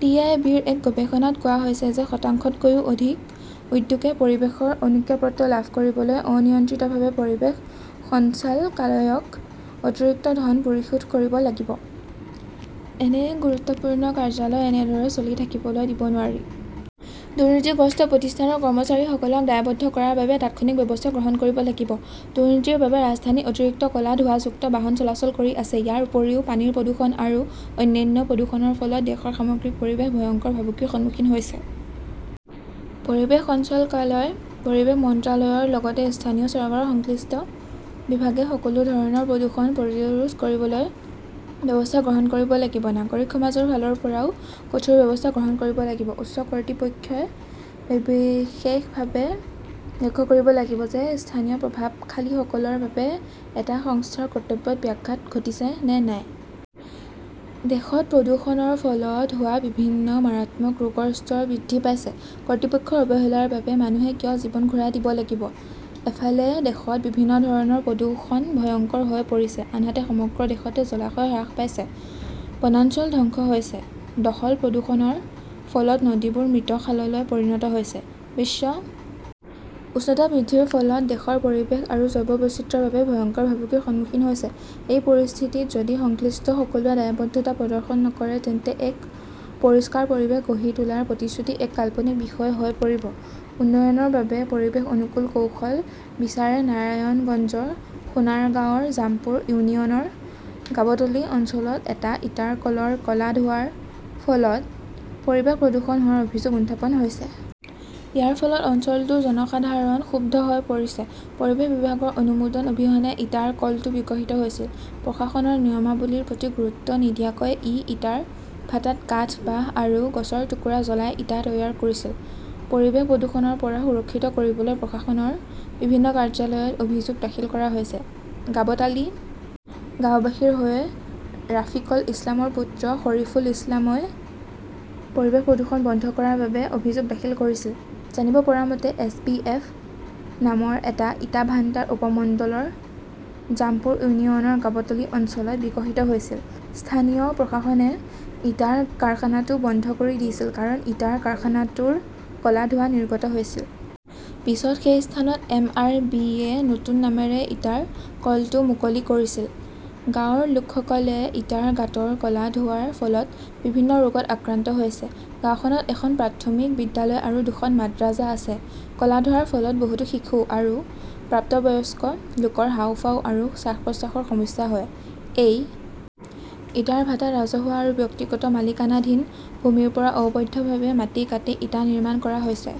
T. I. B. -ৰ এক গৱেষণাত কোৱা হৈছে যে শতাংশতকৈও অধিক উদ্যোগে পৰিৱেশৰ অনুজ্ঞাপত্ৰ লাভ কৰিবলৈ অনিয়ন্ত্ৰিতভাৱে পৰিৱেশ সঞ্চালকালয়ক অতিৰিক্ত ধন পৰিশোধ কৰিব লাগিব। এনে এক গুৰুত্বপূৰ্ণ কাৰ্যালয় এনেদৰে চলি থাকিবলৈ দিব নোৱাৰি। দুৰ্নীতিগ্ৰস্ত প্ৰতিষ্ঠানৰ কৰ্মচাৰীসকলক দায়বদ্ধ কৰাৰ বাবে তাৎক্ষণিক ব্যৱস্থা গ্ৰহণ কৰিব লাগিব। দুৰ্নীতিৰ বাবে ৰাজধানীত অতিৰিক্ত ক'লা ধোঁৱাযুক্ত বাহন চলাচল কৰি আছে। ইয়াৰ উপৰিও, পানীৰ প্ৰদূষণ আৰু অন্যান্য প্ৰদূষণৰ ফলত দেশৰ সামগ্ৰিক পৰিৱেশ ভয়ংকৰ ভাবুকিৰ সন্মুখীন হৈছে। পৰিৱেশ সঞ্চালকালয়, পৰিৱেশ মন্ত্ৰালয়ৰ লগতে স্থানীয় চৰকাৰৰ সংশ্লিষ্ট বিভাগে সকলো ধৰণৰ প্ৰদূষণ প্ৰতিৰোধ কৰিবলৈ ব্যৱস্থা গ্ৰহণ কৰিব লাগিব। নাগৰিক সমাজৰ ফালৰ পৰাও কঠোৰ ব্যৱস্থা গ্ৰহণ কৰিব লাগিব। উচ্চ কৰ্তৃপক্ষই বিশেষভাৱে লক্ষ্য কৰিব লাগিব যে স্থানীয় প্ৰভাৱশালীসকলৰ বাবে এটা সংস্থাৰ কৰ্তব্যত ব্যাঘাত ঘটিছে নে নাই। দেশত প্ৰদূষণৰ ফলত হোৱা বিভিন্ন মাৰাত্মক ৰোগৰ স্তৰ বৃদ্ধি পাইছে। কৰ্তৃপক্ষৰ অৱহেলাৰ বাবে মানুহে কিয় জীৱন ঘূৰাই দিব লাগিব? এফালে, দেশত বিভিন্ন ধৰণৰ প্ৰদূষণ ভয়ংকৰ হৈ পৰিছে, আনহাতে সমগ্ৰ দেশতে জলাশয় হ্ৰাস পাইছে, বনাঞ্চল ধ্বংস হৈছে, দখল-প্ৰদূষণৰ ফলত নদীবোৰ মৃত খাললৈ পৰিণত হৈছে। বিশ্ব উষ্ণতা বৃদ্ধিৰ ফলত দেশৰ পৰিৱেশ আৰু জৈৱ বৈচিত্ৰ্যৰ বাবে ভয়ংকৰ ভাবুকিৰ সন্মুখীন হৈছে। এই পৰিস্থিতিত যদি সংশ্লিষ্ট সকলোৱে দায়বদ্ধতা প্ৰদৰ্শন নকৰে, তেন্তে এক পৰিষ্কাৰ পৰিৱেশ গঢ়ি তোলাৰ প্ৰতিশ্ৰুতি এক কাল্পনিক বিষয় হৈ পৰিব। উন্নয়নৰ বাবে পৰিৱেশ অনুকূল কৌশল বিচাৰে নাৰায়ণগঞ্জৰ সোনাৰগাঁওৰ জামপুৰ ইউনিয়নৰ গাবটলি অঞ্চলত এটা ইটাৰ কলৰ ক'লা ধোঁৱাৰ ফলত পৰিৱেশ প্ৰদূষণ হোৱাৰ অভিযোগ উত্থাপন হৈছে। ইয়াৰ ফলত অঞ্চলটোৰ জনসাধাৰণ ক্ষুব্ধ হৈ পৰিছে। পৰিৱেশ বিভাগৰ অনুমোদন অবিহনে ইটাৰ কলটো বিকশিত হৈছিল। প্ৰশাসনৰ নিয়মাৱলীৰ প্ৰতি গুৰুত্ব নিদিয়াকৈ ই ইটাৰ ভাটাত কাঠ, বাঁহ আৰু গছৰ টুকুৰা জ্বলাই ইটা তৈয়াৰ কৰিছিল। পৰিৱেশ প্ৰদূষণৰ পৰা সুৰক্ষিত কৰিবলৈ প্ৰশাসনৰ বিভিন্ন কাৰ্যালয়ত অভিযোগ দাখিল কৰা হৈছে। গাবটালী গাওঁবাসীৰ হৈ ৰাফিকল ইছলামৰ পুত্ৰ শৰিফুল ইছলামই পৰিৱেশ প্ৰদূষণ বন্ধ কৰাৰ বাবে অভিযোগ দাখিল কৰিছিল। জানিব পৰা মতে, এছ. বি. এফ. নামৰ এটা ইটা ভাণ্ডাৰ উপমণ্ডলৰ জামপুৰ ইউনিয়নৰ গাবটলি অঞ্চলত বিকশিত হৈছিল। স্থানীয় প্ৰশাসনে ইটাৰ কাৰখানাটো বন্ধ কৰি দিছিল কাৰণ ইটাৰ কাৰখানাটোৰ ক'লা ধোঁৱা নিৰ্গত হৈছিল। পিছত সেই স্থানত এম. আৰ. বি. -য়ে নতুন নামেৰে ইটাৰ কলটো মুকলি কৰিছিল। গাঁৱৰ লোকসকলে ইটাৰ গাঁতৰ ক'লা ধোঁৱাৰ ফলত বিভিন্ন ৰোগত আক্ৰান্ত হৈছে। গাওঁখনত এখন প্ৰাথমিক বিদ্যালয় আৰু দুখন মাদ্ৰাজা আছে। ক'লা ধোঁৱাৰ ফলত বহুতো শিশু আৰু প্ৰাপ্তবয়স্ক লোকৰ হাঁওফাঁও আৰু শ্বাস-প্ৰশ্বাসৰ সমস্যা হয়। এই ইটাৰ ভাটাত ৰাজহুৱা আৰু ব্যক্তিগত মালিকানাধীন ভূমিৰ পৰা অবৈধভাৱে মাটি কাটি ইটা নিৰ্মাণ কৰা হৈছে।